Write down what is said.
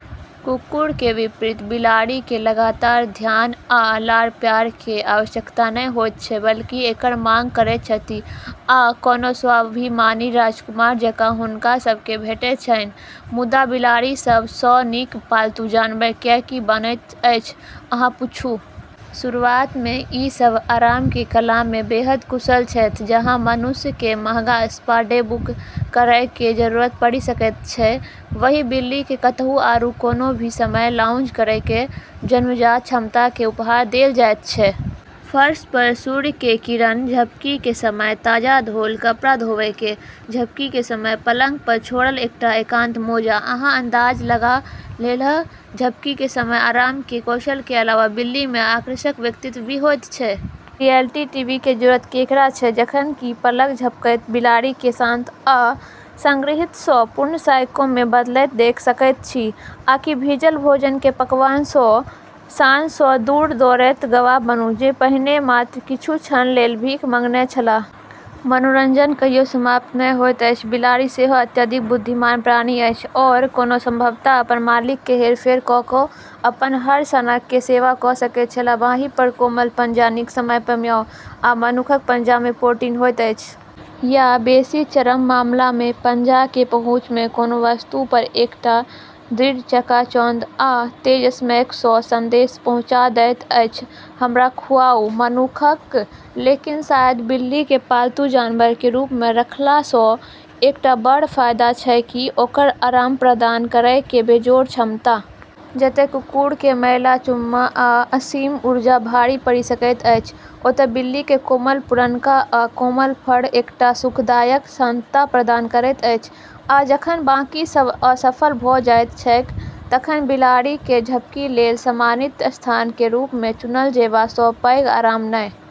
कुकुर केर विपरीत बिलाड़ि केँ लगातार ध्यान आ लाड़-प्यार केर आवश्यकता नहि होइत छै। बल्कि एकर मांग करैत छथि। आ, कोनो स्वाभिमानी राजकुमार जकाँ, हुनका सभ केँ भेटैत छनि। मुदा बिलाड़ि सब सँ नीक पालतू जानवर किएक बनैत अछि, अहाँ पूछू? शुरुआत मे ई सब आराम केर कला मे बेहद कुशल छैथ। जहाँ मनुष्य केँ महंगा स्पा डे बुक करै केर जरूरत पड़ि सकैत छै, वहीं बिल्ली केँ कतहु आरू कोनो भी समय लाउंज करै केर जन्मजात क्षमता केर उपहार देल जाइत छै। फर्श पर सूर्य केर किरण? झपकी केर समय। ताजा धोल कपड़ा धोबै केर? झपकी केर समय। पलंग पर छोड़ल एकटा एकांत मोजा? अहाँ अंदाज लगा लेलह। झपकी केर समय। आराम केर कौशल के अलावा बिल्ली मे आकर्षक व्यक्तित्व भी होइत छै। रियलिटी टीवी केर जरूरत केकरा छै जखन कि पलक झपकैत बिलाड़ि केँ शांत आ संग्रहित सँ पूर्ण साइको मे बदलैत देख सकैत छी। आकि भीजल भोजन केर पकवान सँ शान सँ दूर दौड़ैत गवाह बनू जे पहिने मात्र किछु क्षण लेल भीख मँगने छलाह? मनोरंजन कहियो समाप्त नहि होइत अछि। बिलाड़ि सेहो अत्यधिक बुद्धिमान प्राणी अछि। आओर कोना संभवतः अपन मालिक केँ हेरफेर कऽ कऽ अपन हर सनक केर सेवा कऽ सकैत छलाह। बाँहि पर कोमल पंजा, नीक समय पर म्याऊ, आ मनुक्ख पंजा मे पोटीन होइत अछि। या, बेसी चरम मामला मे, पंजा केर पहुंच मे कोनो वस्तु पर एकटा दृढ़ चकाचौंध आ तेज स्मैक सँ संदेश पहुँचा दैत अछि हमरा खुआउ, मनुक्ख। लेकिन शायद बिल्ली केँ पालतू जानवर केर रूप मे रखला सँ एकटा बड़ फायदा छै कि ओकर आराम प्रदान करै केर बेजोड़ क्षमता। जतय कुकुर केर मैला चुम्मा आ असीम ऊर्जा भारी पड़ि सकैत अछि, ओतय बिल्ली केर कोमल पुरनका आ कोमल फर एकटा सुखदायक शांतता प्रदान करैत अछि। आ जखन बाकी सब असफल भऽ जाइत छैक तखन बिलाड़ि केर झपकी लेल सम्मानित स्थान केर रूप मे चुनल जेबा सँ पैघ आराम नहि।